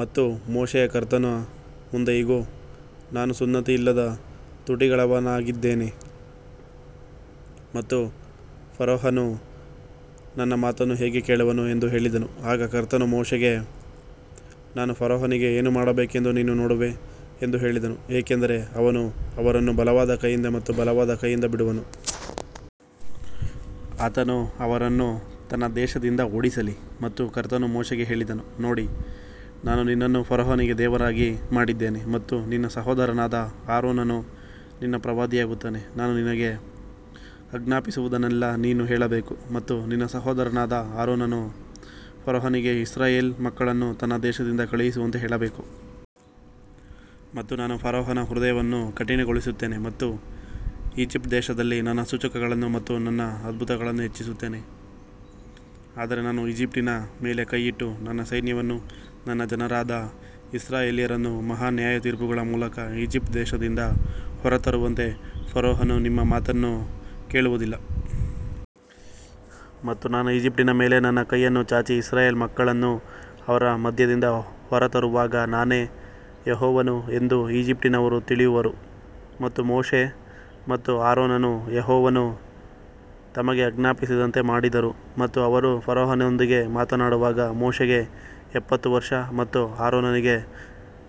ಮತ್ತು ಮೋಶೆಯು ಕರ್ತನ ಮುಂದೆ ಇಗೋ ನಾನು ಸುನ್ನತಿಯಿಲ್ಲದ ತುಟಿಗಳವನಾಗಿದ್ದೇನೆ ಮತ್ತು ಫರೋಹನು ನನ್ನ ಮಾತನ್ನು ಹೇಗೆ ಕೇಳುವನು ಎಂದು ಹೇಳಿದನು, ಆಗ ಕರ್ತನು ಮೋಶೆಗೆ ನಾನು ಫರೋಹನಿಗೆ ಏನು ಮಾಡಬೇಕೆಂದು ನೀನು ನೋಡುವೆ ಎಂದು ಹೇಳಿದನು ಏಕೆಂದರೆ ಅವನು ಅವರನ್ನು ಬಲವಾದ ಕೈಯಿಂದ ಮತ್ತು ಬಲವಾದ ಕೈಯಿಂದ ಬಿಡುವನು. ಆತನು ಅವರನ್ನು ತನ್ನ ದೇಶದಿಂದ ಓಡಿಸಲಿ ಮತ್ತು ಕರ್ತನು ಮೋಶೆಗೆ ಹೇಳಿದನು ನೋಡಿ ನಾನು ನಿನ್ನನ್ನು ಫರೋಹನಿಗೆ ದೇವರಾಗಿ ಮಾಡಿದ್ದೇನೆ ಮತ್ತು ನಿನ್ನ ಸಹೋದರನಾದ ಆರೋನನು ನಿನ್ನ ಪ್ರವಾದಿಯಾಗುತ್ತಾನೆ. ನಾನು ನಿನಗೆ ಆಜ್ಞಾಪಿಸುವುದನ್ನೆಲ್ಲಾ ನೀನು ಹೇಳಬೇಕು ಮತ್ತು ನಿನ್ನ ಸಹೋದರನಾದ ಆರೋನನು ಫರೋಹನಿಗೆ ಇಸ್ರಾಯೇಲ್ ಮಕ್ಕಳನ್ನು ತನ್ನ ದೇಶದಿಂದ ಕಳುಹಿಸುವಂತೆ ಹೇಳಬೇಕು. ಮತ್ತು ನಾನು ಫರೋಹನ ಹೃದಯವನ್ನು ಕಠಿಣಗೊಳಿಸುತ್ತೇನೆ ಮತ್ತು ಈಜಿಪ್ಟ್ ದೇಶದಲ್ಲಿ ನನ್ನ ಸೂಚಕಗಳನ್ನು ಮತ್ತು ನನ್ನ ಅದ್ಭುತಗಳನ್ನು ಹೆಚ್ಚಿಸುತ್ತೇನೆ ಆದರೆ ನಾನು ಈಜಿಪ್ಟಿನ ಮೇಲೆ ಕೈಯಿಟ್ಟು ನನ್ನ ಸೈನ್ಯವನ್ನೂ ನನ್ನ ಜನರಾದ ಇಸ್ರಾಯೇಲ್ಯರನ್ನೂ ಮಹಾ ನ್ಯಾಯತೀರ್ಪುಗಳ ಮೂಲಕ ಈಜಿಪ್ಟ್ ದೇಶದಿಂದ ಹೊರತರುವಂತೆ ಫರೋಹನು ನಿಮ್ಮ ಮಾತನ್ನು ಕೇಳುವದಿಲ್ಲ. ಮತ್ತು ನಾನು ಈಜಿಪ್ಟಿನ ಮೇಲೆ ನನ್ನ ಕೈಯನ್ನು ಚಾಚಿ ಇಸ್ರಾಯೇಲ್ ಮಕ್ಕಳನ್ನು ಅವರ ಮಧ್ಯದಿಂದ ಹೊರತರುವಾಗ ನಾನೇ ಯೆಹೋವನು ಎಂದು ಈಜಿಪ್ಟಿನವರು ತಿಳಿಯುವರು. ಮತ್ತು ಮೋಶೆ ಮತ್ತು ಆರೋನರು ಯೆಹೋವನು ತಮಗೆ ಆಜ್ಞಾಪಿಸಿದಂತೆ ಮಾಡಿದರು ಮತ್ತು ಅವರು ಫರೋಹನೊಂದಿಗೆ ಮಾತನಾಡುವಾಗ ಮೋಶೆಗೆ ಎಪ್ಪತ್ತು ವರ್ಷ ಮತ್ತು ಆರೋನನಿಗೆ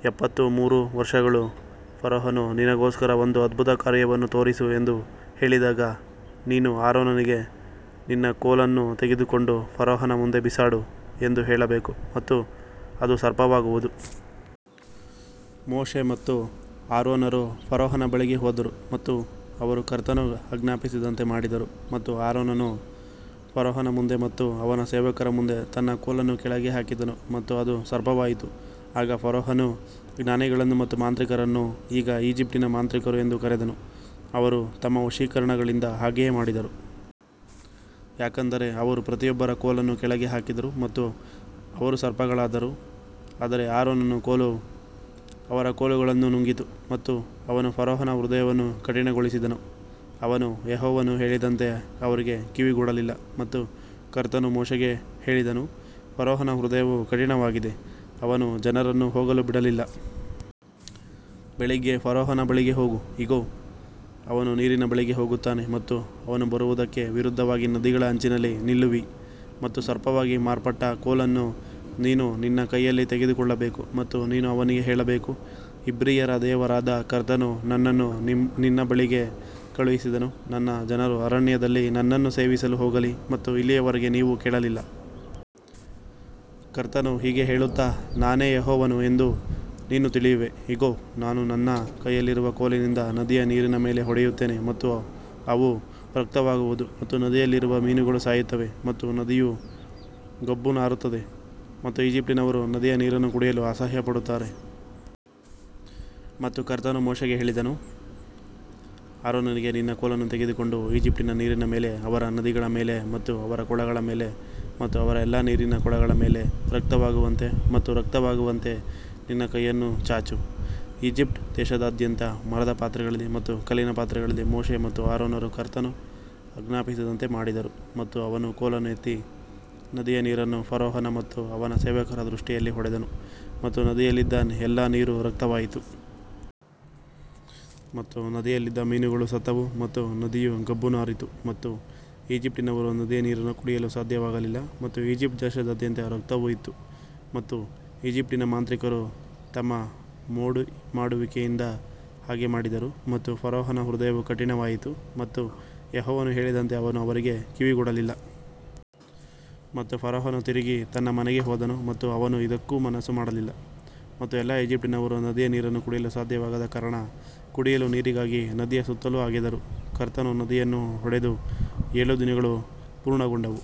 ಎಪ್ಪತ್ತು ಮೂರು ವರ್ಷಗಳು ಫರೋಹನು ನಿನಗೋಸ್ಕರ ಒಂದು ಅದ್ಭುತಕಾರ್ಯವನ್ನು ತೋರಿಸು ಎಂದು ಹೇಳಿದಾಗ ನೀನು ಆರೋನನಿಗೆ ನಿನ್ನ ಕೋಲನ್ನು ತೆಗೆದುಕೊಂಡು ಫರೋಹನ ಮುಂದೆ ಬಿಸಾಡು ಎಂದು ಹೇಳಬೇಕು ಮತ್ತು ಅದು ಸರ್ಪವಾಗುವುದು. ಮೋಶೆ ಮತ್ತು ಆರೋನರು ಫರೋಹನ ಬಳಿಗೆ ಹೋದರು ಮತ್ತು ಅವರು ಕರ್ತನು ಆಜ್ಞಾಪಿಸಿದಂತೆ ಮಾಡಿದರು ಮತ್ತು ಆರೋನನು ಫರೋಹನ ಮುಂದೆ ಮತ್ತು ಅವನ ಸೇವಕರ ಮುಂದೆ ತನ್ನ ಕೋಲನ್ನು ಕೆಳಗೆ ಹಾಕಿದನು ಮತ್ತು ಅದು ಸರ್ಪವಾಯಿತು. ಆಗ ಫರೋಹನು ಜ್ಞಾನಿಗಳನ್ನು ಮತ್ತು ಮಾಂತ್ರಿಕರನ್ನು ಈಗ ಈಜಿಪ್ಟಿನ ಮಾಂತ್ರಿಕರು ಎಂದು ಕರೆದನು, ಅವರು ತಮ್ಮ ವಶೀಕರಣಗಳಿಂದ ಹಾಗೆಯೇ ಮಾಡಿದರು. ಯಾಕಂದರೆ ಅವರು ಪ್ರತಿಯೊಬ್ಬರ ಕೋಲನ್ನು ಕೆಳಗೆ ಹಾಕಿದರು ಮತ್ತು ಅವರು ಸರ್ಪಗಳಾದರು ಆದರೆ ಆರೋನನ ಕೋಲು ಅವರ ಕೋಲುಗಳನ್ನು ನುಂಗಿತು. ಮತ್ತು ಅವನು ಫರೋಹನ ಹೃದಯವನ್ನು ಕಠಿಣಗೊಳಿಸಿದನು, ಅವನು ಯೆಹೋವನು ಹೇಳಿದಂತೆ ಅವರಿಗೆ ಕಿವಿಗೊಡಲಿಲ್ಲ ಮತ್ತು ಕರ್ತನು ಮೋಶೆಗೆ ಹೇಳಿದನು, ಫರೋಹನ ಹೃದಯವು ಕಠಿಣವಾಗಿದೆ, ಅವನು ಜನರನ್ನು ಹೋಗಲು ಬಿಡಲಿಲ್ಲ. ಬೆಳಿಗ್ಗೆ ಫರೋಹನ ಬಳಿಗೆ ಹೋಗು, ಇಗೋ ಅವನು ನೀರಿನ ಬಳಿಗೆ ಹೋಗುತ್ತಾನೆ ಮತ್ತು ಅವನು ಬರುವುದಕ್ಕೆ ವಿರುದ್ಧವಾಗಿ ನದಿಗಳ ಅಂಚಿನಲ್ಲಿ ನಿಲ್ಲುವಿ ಮತ್ತು ಸರ್ಪವಾಗಿ ಮಾರ್ಪಟ್ಟ ಕೋಲನ್ನು ನೀನು ನಿನ್ನ ಕೈಯಲ್ಲಿ ತೆಗೆದುಕೊಳ್ಳಬೇಕು. ಮತ್ತು ನೀನು ಅವನಿಗೆ ಹೇಳಬೇಕು, ಇಬ್ರಿಯರ ದೇವರಾದ ಕರ್ತನು ನನ್ನನ್ನು ನಿನ್ನ ಬಳಿಗೆ ಕಳುಹಿಸಿದನು ನನ್ನ ಜನರು ಅರಣ್ಯದಲ್ಲಿ ನನ್ನನ್ನು ಸೇವಿಸಲು ಹೋಗಲಿ ಮತ್ತು ಇಲ್ಲಿಯವರೆಗೆ ನೀವು ಕೇಳಲಿಲ್ಲ. ಕರ್ತನು ಹೀಗೆ ಹೇಳುತ್ತ ನಾನೇ ಯೆಹೋವನು ಎಂದು ನೀನು ತಿಳಿಯುವೆ ಇಗೋ ನಾನು ನನ್ನ ಕೈಯಲ್ಲಿರುವ ಕೋಲಿನಿಂದ ನದಿಯ ನೀರಿನ ಮೇಲೆ ಹೊಡೆಯುತ್ತೇನೆ ಮತ್ತು ಅವು ರಕ್ತವಾಗುವುದು ಮತ್ತು ನದಿಯಲ್ಲಿರುವ ಮೀನುಗಳು ಸಾಯುತ್ತವೆ ಮತ್ತು ನದಿಯು ಗಬ್ಬು ನಾರುತ್ತದೆ ಮತ್ತು ಈಜಿಪ್ಟಿನವರು ನದಿಯ ನೀರನ್ನು ಕುಡಿಯಲು ಅಸಹ್ಯಪಡುತ್ತಾರೆ. ಮತ್ತು ಕರ್ತನು ಮೋಶೆಗೆ ಹೇಳಿದನು ಆರೋನನಿಗೆ ನಿನ್ನ ಕೋಲನ್ನು ತೆಗೆದುಕೊಂಡು ಈಜಿಪ್ಟಿನ ನೀರಿನ ಮೇಲೆ ಅವರ ನದಿಗಳ ಮೇಲೆ ಮತ್ತು ಅವರ ಕೊಳಗಳ ಮೇಲೆ ಮತ್ತು ಅವರ ಎಲ್ಲಾ ನೀರಿನ ಕೊಳಗಳ ಮೇಲೆ ರಕ್ತವಾಗುವಂತೆ ಮತ್ತು ರಕ್ತವಾಗುವಂತೆ ನಿನ್ನ ಕೈಯನ್ನು ಚಾಚು. ಈಜಿಪ್ಟ್ ದೇಶದಾದ್ಯಂತ ಮರದ ಪಾತ್ರೆಗಳಲ್ಲಿ ಮತ್ತು ಕಲ್ಲಿನ ಪಾತ್ರೆಗಳಲ್ಲಿ ಮೋಶೆ ಮತ್ತು ಆರೋನರು ಕರ್ತನು ಆಜ್ಞಾಪಿಸಿದಂತೆ ಮಾಡಿದರು ಮತ್ತು ಅವನು ಕೋಲನ್ನು ಎತ್ತಿ ನದಿಯ ನೀರನ್ನು ಫರೋಹನ ಮತ್ತು ಅವನ ಸೇವಕರ ದೃಷ್ಟಿಯಲ್ಲಿ ಹೊಡೆದನು ಮತ್ತು ನದಿಯಲ್ಲಿದ್ದ ಎಲ್ಲಾ ನೀರು ರಕ್ತವಾಯಿತು. ಮತ್ತು ನದಿಯಲ್ಲಿದ್ದ ಮೀನುಗಳು ಸತ್ತವು ಮತ್ತು ನದಿಯು ಗಬ್ಬು ನಾರಿತು ಮತ್ತು ಈಜಿಪ್ಟಿನವರು ನದಿಯ ನೀರನ್ನು ಕುಡಿಯಲು ಸಾಧ್ಯವಾಗಲಿಲ್ಲ ಮತ್ತು ಈಜಿಪ್ಟ್ ದೇಶದಾದ್ಯಂತ ರಕ್ತವು ಇತ್ತು. ಮತ್ತು ಈಜಿಪ್ಟಿನ ಮಾಂತ್ರಿಕರು ತಮ್ಮ ಮೋಡಿಮಾಡುವಿಕೆಯಿಂದ ಹಾಗೆ ಮಾಡಿದರು ಮತ್ತು ಫರೋಹನ ಹೃದಯವು ಕಠಿಣವಾಯಿತು ಮತ್ತು ಯೆಹೋವನು ಹೇಳಿದಂತೆ ಅವನು ಅವರಿಗೆ ಕಿವಿಗೊಡಲಿಲ್ಲ. ಮತ್ತು ಫರೋಹನು ತಿರುಗಿ ತನ್ನ ಮನೆಗೆ ಹೋದನು ಮತ್ತು ಅವನು ಇದಕ್ಕೂ ಮನಸ್ಸು ಮಾಡಲಿಲ್ಲ ಮತ್ತು ಎಲ್ಲಾ ಈಜಿಪ್ಟಿನವರು ನದಿಯ ನೀರನ್ನು ಕುಡಿಯಲು ಸಾಧ್ಯವಾಗದ ಕಾರಣ ಕುಡಿಯಲು ನೀರಿಗಾಗಿ ನದಿಯ ಸುತ್ತಲೂ ಅಗೆದರು. ಕರ್ತನು ನದಿಯನ್ನು ಹೊಡೆದು ಏಳು ದಿನಗಳು ಪೂರ್ಣಗೊಂಡವು.